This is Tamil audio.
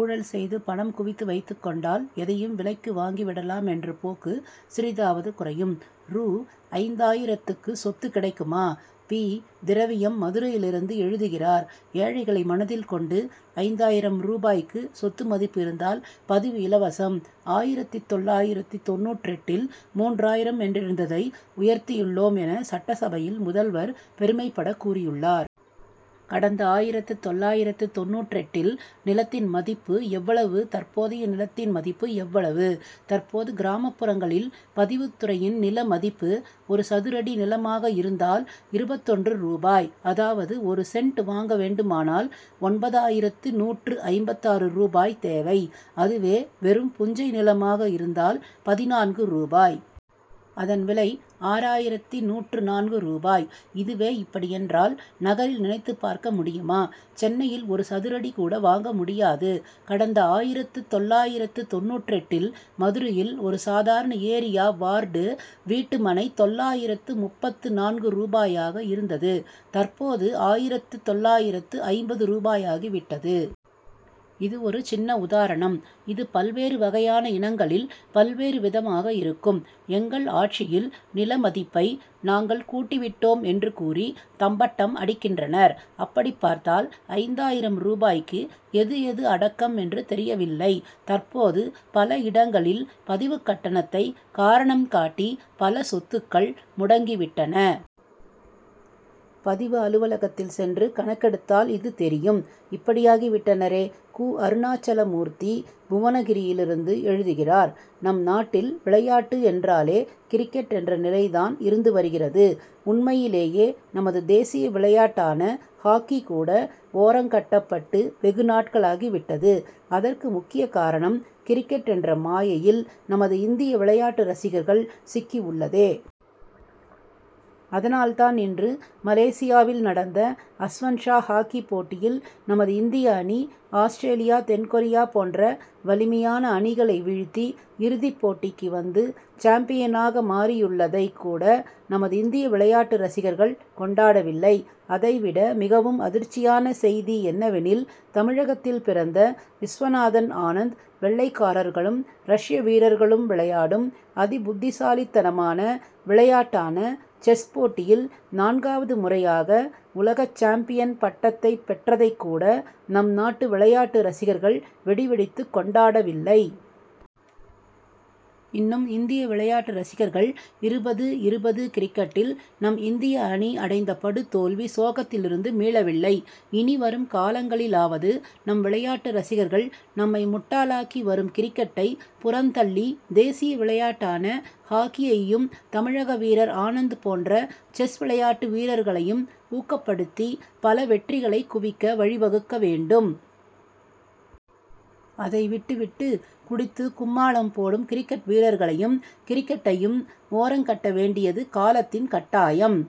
ஊழல் செய்து பணம் குவித்து வைத்துக் கொண்டால் எதையும் விலைக்கு வாங்கி விடலாம் என்ற போக்கு சிறிதாவது குறையும். ரூ. ஐந்தாயிரத்துக்கு சொத்து கிடைக்குமா? பி. திரவியம் மதுரையிலிருந்து எழுதுகிறார் ஏழைகளை மனதில் கொண்டு ஐந்தாயிரம் ரூபாய்க்கு சொத்து மதிப்பு இருந்தால் பதிவு இலவசம் ஆயிரத்து தொள்ளாயிரத்து தொண்ணூற்றெட்டில் மூன்றாயிரம் என்றிருந்ததை உயர்த்தியுள்ளோம் என சட்டசபையில் முதல்வர் பெருமைபட கூறியுள்ளார். கடந்த ஆயிரத்து தொள்ளாயிரத்து தொண்ணூற்றெட்டில் நிலத்தின் மதிப்பு எவ்வளவு தற்போதைய நிலத்தின் மதிப்பு எவ்வளவு? தற்போது கிராமப்புறங்களில் பதிவுத்துறையின் நில மதிப்பு ஒரு சதுரடி நிலமாக இருந்தால் இருபத்தொன்று ரூபாய். அதாவது ஒரு சென்ட் வாங்க வேண்டுமானால் ஒன்பதாயிரத்து நூற்று ஐம்பத்தாறு ரூபாய் தேவை. அதுவே வெறும் புஞ்சை நிலமாக இருந்தால் பதினான்கு ரூபாய். அதன் விலை ஆறாயிரத்து நூற்று நான்கு ரூபாய். இதுவே இப்படி என்றால் நகரில் நினைத்து பார்க்க முடியுமா? சென்னையில் ஒரு சதுரடி கூட வாங்க முடியாது. கடந்த ஆயிரத்து தொள்ளாயிரத்து தொண்ணூற்றெட்டில் மதுரையில் ஒரு சாதாரண ஏரியா வார்டு வீட்டுமனை தொள்ளாயிரத்து முப்பத்து நான்கு ரூபாயாக இருந்தது தற்போது ஆயிரத்து தொள்ளாயிரத்து ஐம்பது ரூபாயாகி விட்டது. இது ஒரு சின்ன உதாரணம். இது பல்வேறு வகையான இனங்களில் பல்வேறு விதமாக இருக்கும். எங்கள் ஆட்சியில் நிலமதிப்பை நாங்கள் கூட்டி விட்டோம் என்று கூறி தம்பட்டம் அடிக்கின்றனர். அப்படி பார்த்தால் ஐந்தாயிரம் ரூபாய்க்கு எது எது அடக்கம் என்று தெரியவில்லை. தற்போது பல இடங்களில் பதிவுக்கட்டணத்தை காரணம் காட்டி பல சொத்துக்கள் முடங்கி விட்டன. பதிவு அலுவலகத்தில் சென்று கணக்கெடுத்தால் இது தெரியும். இப்படியாகி விட்டனரே! கு. அருணாச்சலமூர்த்தி புவனகிரியிலிருந்து எழுதுகிறார் நம் நாட்டில் விளையாட்டு என்றாலே கிரிக்கெட் என்ற நிலைதான் இருந்து வருகிறது. உண்மையிலேயே நமது தேசிய விளையாட்டான ஹாக்கி கூட ஓரங்கட்டப்பட்டு வெகு நாட்களாகி விட்டது. அதற்கு முக்கிய காரணம் கிரிக்கெட் என்ற மாயையில் நமது இந்திய விளையாட்டு ரசிகர்கள் சிக்கி உள்ளதே. அதனால் தான் இன்று மலேசியாவில் நடந்த அஸ்வன் ஷா ஹாக்கி போட்டியில் நமது இந்திய அணி ஆஸ்திரேலியா தென் கொரியா போன்ற வலிமையான அணிகளை வீழ்த்தி இறுதிப் போட்டிக்கு வந்து சாம்பியனாக மாறியுள்ளதை கூட நமது இந்திய விளையாட்டு ரசிகர்கள் கொண்டாடவில்லை. அதைவிட மிகவும் அதிர்ச்சியான செய்தி என்னவெனில் தமிழகத்தில் பிறந்த விஸ்வநாதன் ஆனந்த் வெள்ளைக்காரர்களும் ரஷ்ய வீரர்களும் விளையாடும் அதி புத்திசாலித்தனமான விளையாட்டான செஸ் போட்டியில் நான்காவது முறையாக உலக சாம்பியன் பட்டத்தை பெற்றதைக் கூட நம் நாட்டு விளையாட்டு ரசிகர்கள் வெடி வெடித்து கொண்டாடவில்லை. இன்னும் இந்திய விளையாட்டு ரசிகர்கள் இருபது இருபது கிரிக்கெட்டில் நம் இந்திய அணி அடைந்த படுதோல்வி சோகத்திலிருந்து மீளவில்லை. இனிவரும் காலங்களிலாவது நம் விளையாட்டு ரசிகர்கள் நம்மை முட்டாளாக்கி வரும் கிரிக்கெட்டை புறந்தள்ளி தேசிய விளையாட்டான ஹாக்கியையும் தமிழக வீரர் ஆனந்த் போன்ற செஸ் விளையாட்டு வீரர்களையும் ஊக்கப்படுத்தி பல வெற்றிகளை குவிக்க வழிவகுக்க வேண்டும். அதைவிட்டு விட்டு குடித்து கும்மாளம் போடும் கிரிக்கெட் வீரர்களையும் கிரிக்கெட்டையும் ஓரங்கட்ட வேண்டியது காலத்தின் கட்டாயம்.